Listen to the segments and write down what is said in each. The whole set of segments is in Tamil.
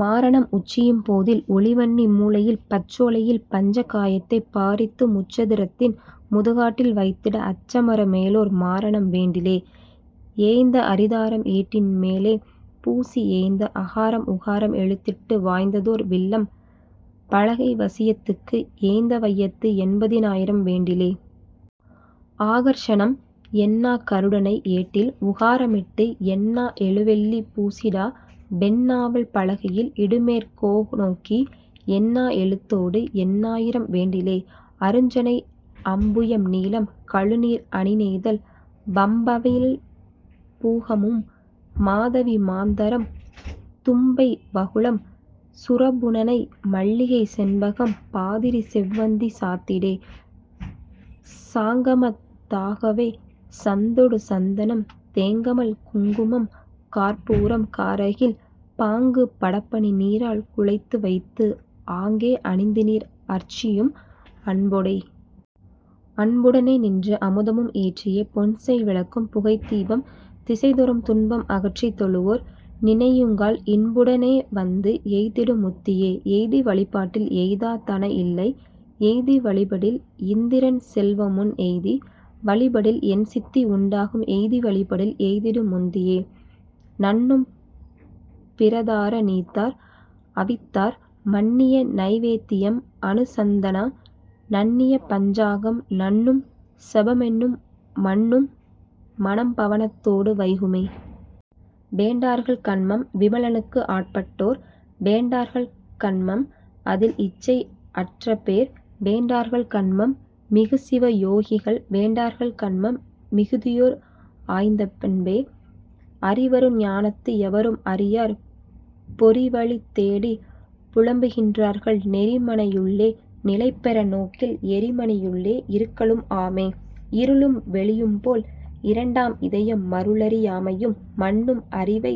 மாரணம் உச்சியம் போதில் ஒளிவன்னி மூலையில் பச்சோலை யில் பஞ்ச காயத்தைப் பாரித்து முச்சது ரத்தின் முதுகாட்டில் வைத்திட அச்சமற மேலோர் மாரணம் வேண்டிலே. ஏய்ந்த அரிதாரம் ஏட்டின்மே லேபூசி ஏய்ந்த அகாரம் உகாரம் எழுத்திட்டு வாய்ந்ததோர் வில்லம் பலகை வசியத்துக்கு ஏய்ந்தவைத்து எண்பதி னாயிரம் வேண்டிலே.. ஆகர்ஷணம் எண்ணாக் கருடனை ஏட்டில் உகாரமிட்டு எண்ணாப் எழுவெள்ளி பூசிடா வெண்ணாவல் பலகையில் இட்டுமேற் கோநோக்கி எண்ணா எழுத்தோடுஎண்ணாயிரம் வேண்டிலே.. அருச்சனை அம்புயம் நீலம் கழுநீர் அணிநெய்தல் வம்பவில் பூகமும் மாதவி மாந்தரம் தும்பை வகுளம் சுரபுனனை மல்லிகை செண்பகம் பாதிரி செவ்வந்தி சாத்திடே. சாங்கம தாகவே சந்தொடு சந்தனம் தேங்கமழ் குங்குமம் கார்ப்பூரம் காரகில் பாங்கு படப்பனி நீரால் குழைத்துவைத்து ஆங்கே அணிந்துநீர் அர்ச்சியும் அன்பொடே. அன்புடனே நின்று அமுதமும் ஏற்றியே பொன்செய் விளக்கும் புகைதீபம் திசைதொறும் துன்பம் அகற்றித் தொழுவோர் நினையுங்கால் இன்புட னேவந்து எய்திடும் முத்தியே. எய்தி வழிப்படில் எய்தா தனஇல்லை எய்தி வழிப்படில் இந்திரன் செல்வமுன் எய்தி வழிப்படில் எண்சித்தி உண்டாகும் எய்தி வழிப்படில் எய்திடும் முத்தியே. நண்ணும் பிறதார நீத்தார் அவித்தார் மண்ணிய நைவேத் தியம்அனு சந்தான நண்ணிய பஞ்சாங்கம் நண்ணும் செபமென்னும் மன்னும் மனம்பவ னத்தோடு வைகுமே. வேண்டார்கள் கன்மம் விமலனுக்கு ஆட்பட்டோ ர் வேண்டார்கள் கன்மம் அதில்இச்சை அற்றபேர் வேண்டார்கள் கன்மம் மிகுசிவ யோகிகள் வேண்டார்கள் கன்மம் மிகுதியோர் ஆய்ந்தன்பே. அறிவரு ஞானத்து எவரும் அறியார் பொறிவழி தேடிப் புலம்புகின்றார்கள் நெறிமனை யுள்ளே நிலைபெற நோக்கில் எறிமணி யுள்ளே இருக்கலும் ஆமே. இருளும் வெளியும்போல் இரண்டாம் இதயம் மருளறி யாமையும் மன்னும் அறிவு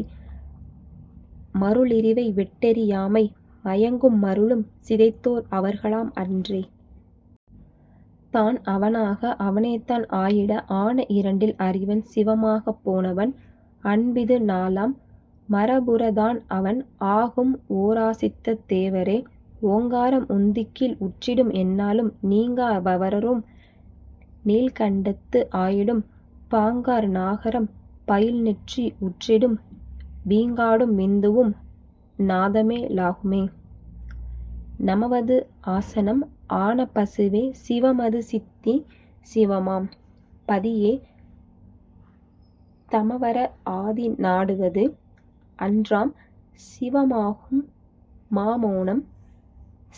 மருளிறவை விட்டெறி யாமை மயங்கும் மருளும் சிதைத்தோர் அவர்களாம் அன்றே. தான்அவ னாக அவனேதான் ஆயிட ஆன இரண்டில் அறிவன் சிவமாகப் போனவன் அன்பிது நாலாம் மரபுறத் தான்அவன் ஆகும்ஓ ராசித்த தேவரே. ஓங்காரம் உந்திக்கீழ் உற்றிடும் எந்நாளும் நீங்கா வகாரமும் நீள்கண்டத்து ஆயிடும் பாங்கார் நகாரம் பயில்நெற்றி உற்றிடும் வீங்காகும் விந்துவும் நாதமே லாகுமே. நமவது ஆசனம் ஆன பசுவே சிவமது சித்திச் சிவமாம் பதியே நமவற ஆதி நாடுவது அன்றாம் சிவமாகும் மாமோனம்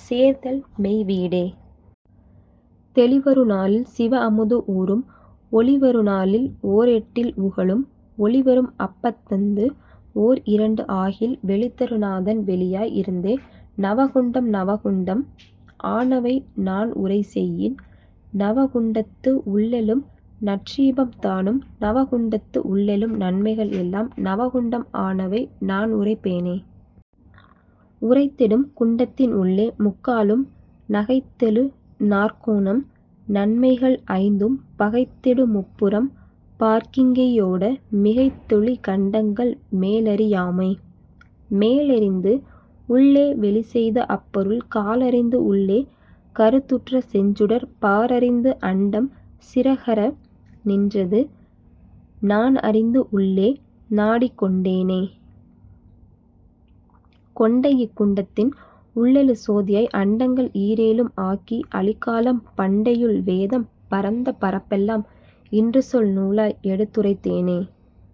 சேர்தல்மெய் வீடே. தெளிவரு நாளில் சிவஅமுது ஊறும் ஒளிவரு நாளில் ஓர்ஏட்டில் உகளும் ஒளிவரும் அப்பதத்து ஓர் இரண்டு ஆகில் வெளிதரு நாதன் வெளியாய் இருந்தே.. நவகுண்டம் நவகுண்டம் ஆனவை நான்உரை செய்யின் நவகுண்டத்து உள்ளெழும் நற்றீபம் தானும் நவகுண்டத்து உள்ளெழும் நன்மைகள் எல்லாம் நவகுண்டம் ஆனவை நான்உரைப் பேனே. உரைத்திடும் குண்டத்தின் உள்ளே முக்காலும் நகைத்தெழு நாற்கோணம் நன்மை கள்ஐந்தும் பகைத்திடு முப்புரம் பாரங்கி யோடே மிகைத்தெழு கண்டங்கள் மேலறி யோமே. மேலெறிந்து உள்ளே வெளிசெய்த அப்பொருள் கால்அறிந்து உள்ளே கருத்துற்ற செஞ்சுடர் பார்அறிந்து அண்டம் சிறகற நின்றது நான்அறிந்து உள்ளே நாடிக்கொண் டேனே. கொண்டஇக் குண்டத்தின் உள்ளெழு சோதியாய் அண்டங்கள் ஈரேழும் ஆக்கி அழிக்கலாம் பண்டையுள் வேதம் பரந்த பரப்பெலாம் இன்றுசொல் நூலாய் எடுத்துரைத் தேனே.